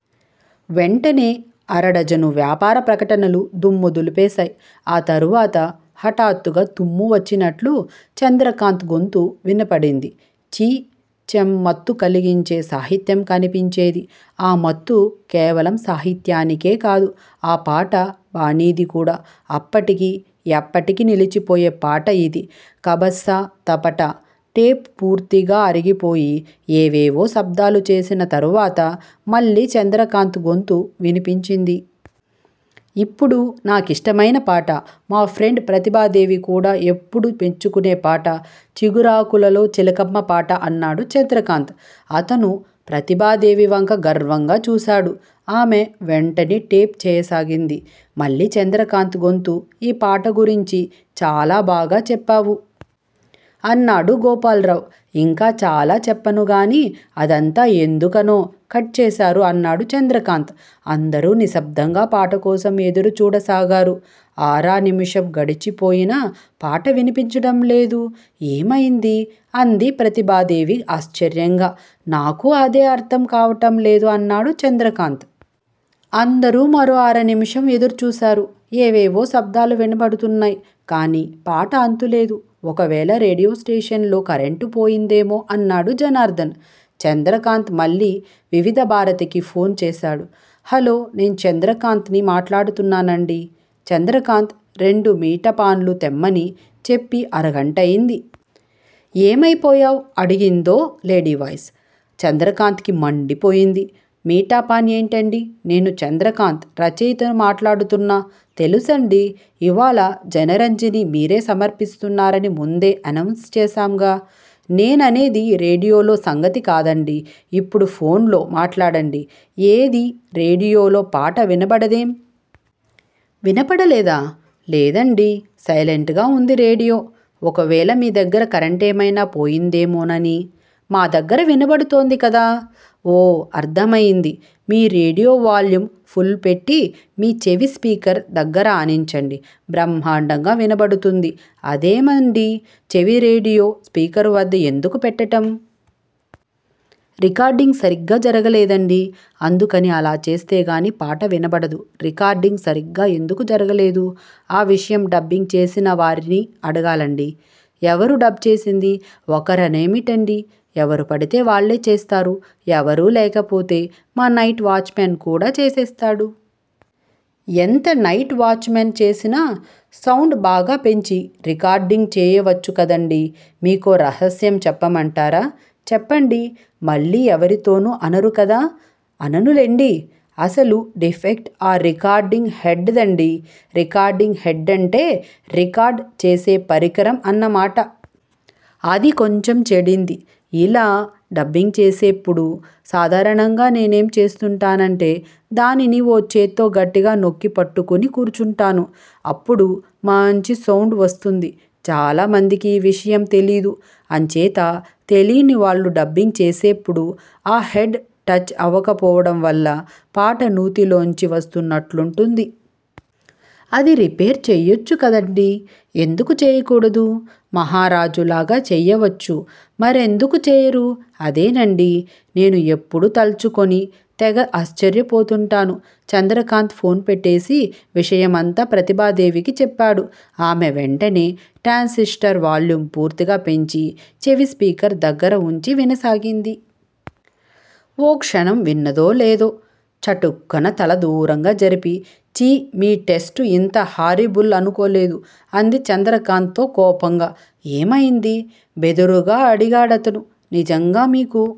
వెంటనే అరడజను వ్యాపార ప్రకటనలు దుమ్ము దులిపేశాయ్. ఆ తరువాత హఠాత్తుగా తుమ్ము వచ్చినట్లు చంద్రకాంత్ గొంతు వినబడింది. ఛీ చెం మత్తు కలిగించే సాహిత్యం కనిపించేది. ఆ మత్తు కేవలం సాహిత్యానికే కాదు. ఆ పాట బాణీది కూడా! అప్పటికీ, ఎప్పటికీ నిలిచిపోయే పాట ఇది- కబస్సా- తపట, టేప్ పూర్తిగా అరిగిపోయి ఏవేవో శబ్దాలు చేసిన తరువాత మళ్ళీ చంద్రకాంత్ గొంతు వినిపించింది. ఇప్పుడు- నాకిష్టమయిన పాట- మా ఫ్రెండ్ ప్రతిభాదేవి కూడా ఎప్పుడూ మెచ్చుకునే పాట- చిగురాకులలో చిలకమ్మా పాట అన్నాడు చంద్రకాంత్. అతను ప్రతిభాదేవి వంక గర్వంగా చూశాడు. ఆమె వెంటనే టేప్ చేయసాగింది. మళ్ళీ చంద్రకాంత్ గొంతు- ఈ పాట గురించి చాలా బాగా చెప్పావు! అన్నాడు గోపాల్రావ్. ఇంకా చాలా చెప్పను గాని అదంతా ఎందుకనో కట్ చేశారు అన్నాడు చంద్రకాంత్. అందరూ నిశ్శబ్దంగా పాట కోసం ఎదురు చూడసాగారు. అరా నిముషం గడిచిపోయినా పాట వినిపించడం లేదు. ఏమయింది? అంది ప్రతిభాదేవి ఆశ్చర్యంగా. నాకూ అదే అర్ధం కావటం లేదు అన్నాడు చంద్రకాంత్. అందరూ మరో అరనిముషం ఎదుర్చూశారు. ఏవేవో శబ్దాలు వినపడుతున్నాయ్. కానీ పాట అంతులేదు. ఒకవేళ రేడియో స్టేషన్ లో కరెంటుపోయిందేమో! అన్నాడు జనార్ధన్. చంద్రకాంత్ మళ్ళీ వివిధభారతికి ఫోన్ చేశాడు. హలో, నేను చంద్రకాంత్ ని మాట్లాడుతున్నానండీ. చంద్రకాంత్ రెండు మీటపాన్లు తెమ్మని చెప్పి అరగంటయింది. ఏమైపోయావ్ అడిగిందో లేడీ వాయిస్. చంద్రకాంత్ కి మండిపోయింది. మీటాపాన్ ఏంటండీ! నేను చంద్రకాంత్ రచయితను మాట్లాడుతున్నా! తెలుసండీ. ఇవాళ జనరంజని మీరే సమర్పిస్తున్నారని ముందే ఎనౌన్స్ చేశాంగా. నేననేది రేడియోలో సంగతి కాదండీ ఇప్పుడు ఫోన్ లో- మాట్లాడండి. ఏదీ రేడియోలో పాట వినబడదేం? వినబడలేదా? లేదండీ సైలెంట్ గా ఉంది రేడియో. ఒకవేళ మీ దగ్గర కరెంటేమయినా పోయిందేమోనని- మా దగ్గర వినబడుతోంది కదా! ఓ అర్థమయ్యింది మీ రేడియో వ్యాల్యూమ్ ఫుల్ పెట్టి, మీ చెవి స్పీకర్ దగ్గర ఆనించండి! బ్రహ్మాండంగా వినబడుతుంది. అదేమండి, చెవి రేడియో స్పీకరు వద్ద ఎందుకు పెట్టటం? రికార్డింగ్ సరిగ్గా జరగలేదండీ. అందుకని అలా చేస్తే గానీ పాట వినబడదు రికార్డింగ్ సరిగ్గా ఎందుకు జరగలేదు? ఆ విషయం డబ్బింగ్ చేసినవారిని అడగాలండి! ఎవరు డబ్ చేసింది? ఒకరనేమిటండీ ఎవరుపడితే వాళ్ళే చేస్తారు. ఎవరూ లేకపోతే మా నైట్ వాచ్ మెన్ కూడా చేసేస్తాడు. ఎంత నైట్ వాచ్ మన్ చేసినా సౌండ్ బాగా పెంచి రికార్డింగ్ చేయవచ్చు కదండీ? మీకో రహస్యం చెప్పమంటారా? చెప్పండి. మళ్ళీ ఎవరితోనూ అనరు కదా? అననులెండి. అసలు డిఫెక్ట్ ఆ రికార్డింగ్ హెడ్ దండీ. రికార్డింగ్ హెడ్డంటే? రికార్డ్ చేసే పరికరం అన్న మాట! అది కొంచెం చెడింది. ఇలా డబ్బింగ్ చేసేప్పుడు సాధారణంగా నేనేం చేస్తుంటానంటే దానిని ఓ చేత్తో గట్టిగా నొక్కి పట్టుకుని కూర్చుంటాను. అప్పుడు మాంచి సౌండ్ వస్తుంది. చాలామందికి ఈ విషయం తెలీదు. అంచేత తెలీనివాళ్ళు డబ్బింగ్ చేసేప్పుడు ఆ హెడ్ 'టచ్' అవకపోవడం వల్ల పాట నూతిలోంచి వస్తున్నట్లుంటుంది. అది రిపేర్ చెయ్యొచ్చు కదండీ? ఎందుకు చేయకూడదు? మహారాజులాగా చెయ్యవచ్చు. మరెందుకు చేయరు? అదేనండీ, నేనూ ఎప్పుడూ తల్చుకుని తెగ ఆశ్చర్యపోతూంటాను. చంద్రకాంత్ ఫోన్ పెట్టేసి విషయమంతా ప్రతిభాదేవికి చెప్పాడు. ఆమె వెంటనే ట్రాన్సిష్టర్ వాల్యూమ్ పూర్తిగా పెంచి చెవి స్పీకర్ దగ్గర ఉంచి వినసాగింది. ఓ క్షణం విన్నదో లేదో చటుక్కున తల దూరంగా జరిపి ఛీ మీ టేస్టు ఇంత హారిబుల్ అనుకోలేదు అంది చంద్రకాంత్ తో కోపంగా. ఏమయింది? బెదురుగా అడిగాడతను. నిజంగా మీకు